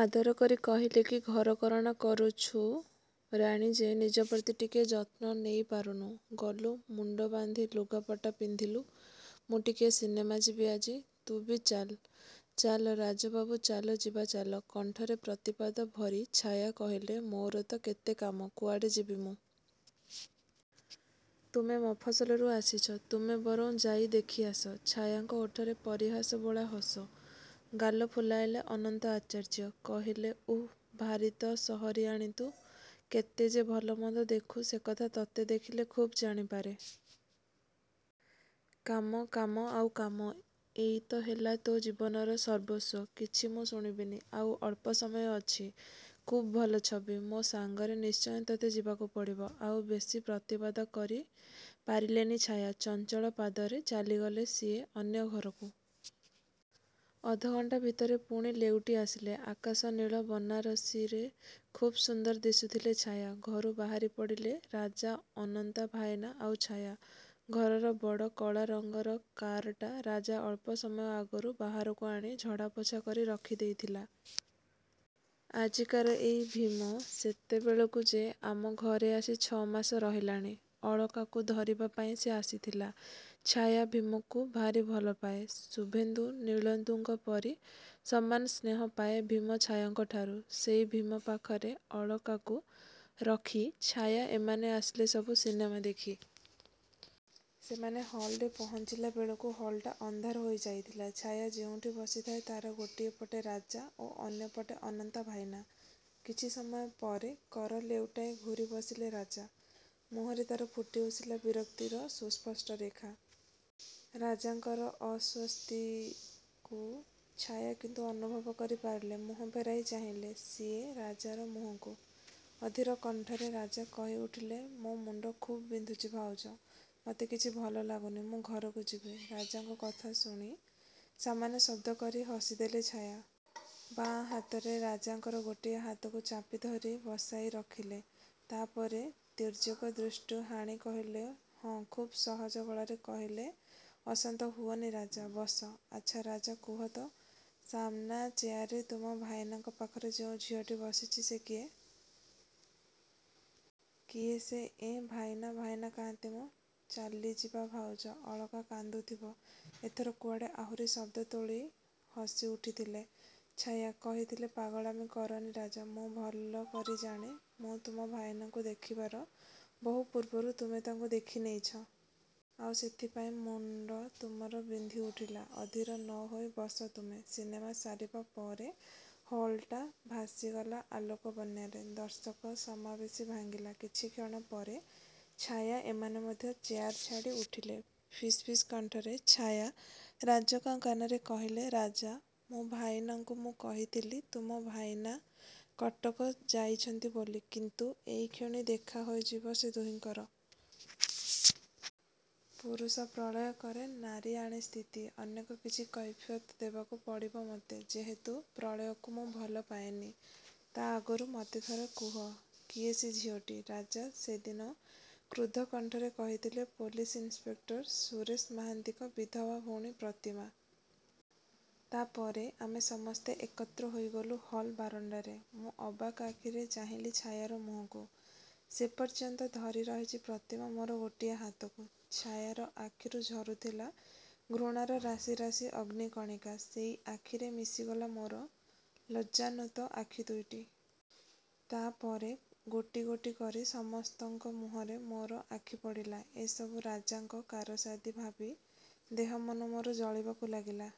ଆଦର କରି କହିଲେ କି ଘରକରଣା କରୁଛୁ ରାଣୀ ଯେ ନିଜ ପ୍ରତି ଟିକିଏ ଯତ୍ନ ନେଇ ପାରୁନୁ? ଗଲୁ, ମୁଣ୍ଡ ବାନ୍ଧି ଲୁଗାପଟା ପିନ୍ଧିଲୁ, ମୁଁ ଟିକିଏ ସିନେମା ଯିବି ଆଜି। ତୁ ବି ଚାଲ। ଚାଲ ରାଜାବାବୁ, ଚାଲ ଯିବା ଚାଲ। କଣ୍ଠରେ ପ୍ରତିବାଦ ଭରି ଛାୟା କହିଲେ ମୋର ତ କେତେ କାମ, କୁଆଡ଼େ ଯିବି ମୁଁ। ତୁମେ ମଫସଲରୁ ଆସିଛ, ତୁମେ ବରଂ ଯାଇ ଦେଖି ଆସ। ଛାୟାଙ୍କ ଓଠରେ ପରିହାସ ବୋଳା ହସ। ଗାଲ ଫୁଲାଇଲେ ଅନନ୍ତ ଆଚାର୍ଯ୍ୟ। କହିଲେ ଉଃ, ଭାରି ତ ସହରିଆଣୀ ତୁ। କେତେ ଯେ ଭଲମନ୍ଦ ଦେଖୁ ସେକଥା ତତେ ଦେଖିଲେ ଖୁବ୍ ଜାଣି ପାରେ। କାମ, କାମ, ଆଉ କାମ। ଏଇତ ହେଲା ତୋ ଜୀବନର ସର୍ବସ୍ୱ। କିଛି ମୁଁ ଶୁଣିବିନି। ଆଉ ଅଳ୍ପ ସମୟ ଅଛି। ଖୁବ୍ ଭଲ ଛବି। ମୋ ସାଙ୍ଗରେ ନିଶ୍ଚୟ ତତେ ଯିବାକୁ ପଡ଼ିବ। ଆଉ ବେଶୀ ପ୍ରତିବାଦ କରି ପାରିଲେନି ଛାୟା। ଚଞ୍ଚଳ ପାଦରେ ଚାଲିଗଲେ ସିଏ ଅନ୍ୟ ଘରକୁ। ଅଧ ଘଣ୍ଟା ଭିତରେ ପୁଣି ଲେଉଟି ଆସିଲେ। ଆକାଶ ନୀଳ ବନାରସୀରେ ଖୁବ୍ ସୁନ୍ଦର ଦିଶୁଥିଲେ ଛାୟା। ଘରୁ ବାହାରି ପଡ଼ିଲେ ରାଜା, ଅନନ୍ତ ଭାଇନା ଆଉ ଛାୟା। ଘରର ବଡ଼ କଳା ରଙ୍ଗର କାରଟା ରାଜା ଅଳ୍ପ ସମୟ ଆଗରୁ ବାହାରକୁ ଆଣି ଝଡ଼ାପୋଛା କରି ରଖି ଦେଇଥିଲା। ଆଜିକାର ଏଇ ଭୀମ ସେତେବେଳକୁ ସେ ଆମ ଘରେ ଆସି ଛ' ମାସ ରହିଲାଣି। ଅଳକାକୁ ଧରିବା ପାଇଁ ସେ ଆସିଥିଲା। ଛାୟା ଭୀମକୁ ଭାରି ଭଲ ପାଏ। ଶୁଭେନ୍ଦୁ ନୀଳେନ୍ଦୁଙ୍କ ପରି ସମାନ ସ୍ନେହ ପାଏ ଭୀମ ଛାୟାଙ୍କଠାରୁ। ସେଇ ଭୀମ ପାଖରେ ଅଳକାକୁ ରଖି ଛାୟା ଏମାନେ ଆସିଲେ ସବୁ ସିନେମା ଦେଖି। ସେମାନେ ହଲ୍‌ରେ ପହଞ୍ଚିଲା ବେଳକୁ ହଲ୍‌ଟା ଅନ୍ଧାର ହୋଇ ଯାଇଥିଲା। ଛାୟା ଯେଉଁଠି ବସିଥାଏ ତା'ର ଗୋଟିଏ ପଟେ ରାଜା ଓ ଅନ୍ୟ ପାଖେ ଅନନ୍ତ ଭାଇନା। କିଛି ସମୟ ପରେ କର ଲେଉଟାଇ ଘୂରି ବସିଲେ ରାଜା। ମୁହଁରେ ତା'ର ଫୁଟି ଉଠିଲା ବିରକ୍ତିର ସୁସ୍ପଷ୍ଟ ରେଖା। ରାଜାଙ୍କର ଅସ୍ୱସ୍ତିକୁ ଛାୟା କିନ୍ତୁ ଅନୁଭବ କରି ପାରିଲେ। ମୁହଁ ଫେରାଇ ଚାହିଁଲେ ସିଏ ରାଜାର ମୁହଁକୁ। ଅଧୀର କଣ୍ଠରେ ରାଜା କହି ଉଠିଲେ ମୋ ମୁଣ୍ଡ ଖୁବ୍ ବିନ୍ଧୁଛି ଭାଉଜ। ମତେ କିଛି ଭଲ ଲାଗୁନି। ମୁଁ ଘରକୁ ଯିବି। ରାଜାଙ୍କ କଥା ଶୁଣି ସାମାନ୍ୟ ଶବ୍ଦ କରି ହସି ଦେଲେ ଛାୟା। ବାଁ ହାତରେ ରାଜାଙ୍କର ଗୋଟିଏ ହାତକୁ ଚାପି ଧରି ବସାଇ ରଖିଲେ। ତା' ପରେ ତୀର୍ଯ୍ୟକ ଦୃଷ୍ଟି ହାଣି କହିଲେ ହଁ ଖୁବ୍ ସହଜ ଗଳାରେ କହିଲେ ଅଶାନ୍ତ ହୁଅନି ରାଜା, ବସ। ଆଚ୍ଛା ରାଜା କୁହ ତ, ସାମନା ଚେୟାରରେ ତୁମ ଭାଇନାଙ୍କ ପାଖରେ ଯେଉଁ ଝିଅଟି ବସିଛି ସେ କିଏ? କିଏ ସେ? ଏଁ, ଭାଇନା ଭାଇନା କାହାନ୍ତି ମ? ଚାଲିଯିବା ଭାଉଜ, ଅଳକା କାନ୍ଦୁଥିବ। ଏଥର କୁଆଡ଼େ ଆହୁରି ଶବ୍ଦ ତୋଳି ହସି ଉଠିଥିଲେ ଛାୟା। କହିଥିଲେ ପାଗଳାମି କରନି ରାଜା। ମୁଁ ଭଲ କରି ଜାଣେ, ମୁଁ ତୁମ ଭାଇନାଙ୍କୁ ଦେଖିବାର ବହୁ ପୂର୍ବରୁ ତୁମେ ତାଙ୍କୁ ଦେଖି ନେଇଛ। ଆଉ ସେଇଥିପାଇଁ ମୁଣ୍ଡ ତୁମର ବିନ୍ଧି ଉଠିଲା। ଅଧୀର ନ ହୋଇ ବସ ତୁମେ। ସିନେମା ସରିବା ପରେ ହଲ୍‌ଟା ଭାସିଗଲା ଆଲୋକ ବନ୍ୟାରେ। ଦର୍ଶକ ସମାବେଶ ଭାଙ୍ଗିଲା। କିଛି କ୍ଷଣ ପରେ ଛାୟା ଏମାନେ ମଧ୍ୟ ଚେୟାର ଛାଡ଼ି ଉଠିଲେ। ଫିସ୍ ଫିସ୍ କଣ୍ଠରେ ଛାୟା ରାଜାଙ୍କ କାନରେ କହିଲେ ରାଜା ମୋ ଭାଇନାଙ୍କୁ ମୁଁ କହିଥିଲି ତୁମ ଭାଇନା କଟକ ଯାଇଛନ୍ତି ବୋଲି, କିନ୍ତୁ ଏଇକ୍ଷଣି ଦେଖା ହୋଇଯିବ ସେ ଦୁହିଁଙ୍କର। ପୁରୁଷ ପ୍ରଳୟ କରେ, ନାରୀ ଆଣେ ସ୍ଥିତି। ଅନେକ କିଛି କୈଫିୟତ୍ ଦେବାକୁ ପଡ଼ିବ ମତେ, ଯେହେତୁ ପ୍ରଳୟକୁ ମୁଁ ଭଲ ପାଏନି। ତା' ଆଗରୁ ମତେ ଥରେ କୁହ କିଏ ସେ ଝିଅଟି। ରାଜା ସେଦିନ କ୍ରୁଦ୍ଧ କଣ୍ଠରେ କହିଥିଲା ପୋଲିସ ଇନ୍‌ସପେକ୍ଟର ସୁରେଶ ମହାନ୍ତିଙ୍କ ବିଧବା ଭଉଣୀ ପ୍ରତିମା। ତା' ପରେ ଆମେ ସମସ୍ତେ ଏକତ୍ର ହୋଇଗଲୁ ହଲ୍ ବାରଣ୍ଡାରେ। ମୁଁ ଅବାକ୍ ଆଖିରେ ଚାହିଁଲି ଛାୟାର ମୁହଁକୁ। ସେପର୍ଯ୍ୟନ୍ତ ଧରି ରହିଛି ପ୍ରତିମା ମୋର ଗୋଟିଏ ହାତକୁ। ଛାୟାର ଆଖିରୁ ଝରୁଥିଲା ଘୃଣାର ରାଶି ରାଶି ଅଗ୍ନି କଣିକା। ସେଇ ଆଖିରେ ମିଶିଗଲା ମୋର ଲଜ୍ଜାନତ ଆଖି ଦୁଇଟି। ତା' ପରେ ଗୋଟି ଗୋଟି କରି ସମସ୍ତଙ୍କ ମୁହଁରେ ମୋର ଆଖି ପଡ଼ିଲା। ଏସବୁ ରାଜାଙ୍କ କାରସାଦି ଭାବି ଦେହ ମନ ମୋର ଜଳିବାକୁ ଲାଗିଲା।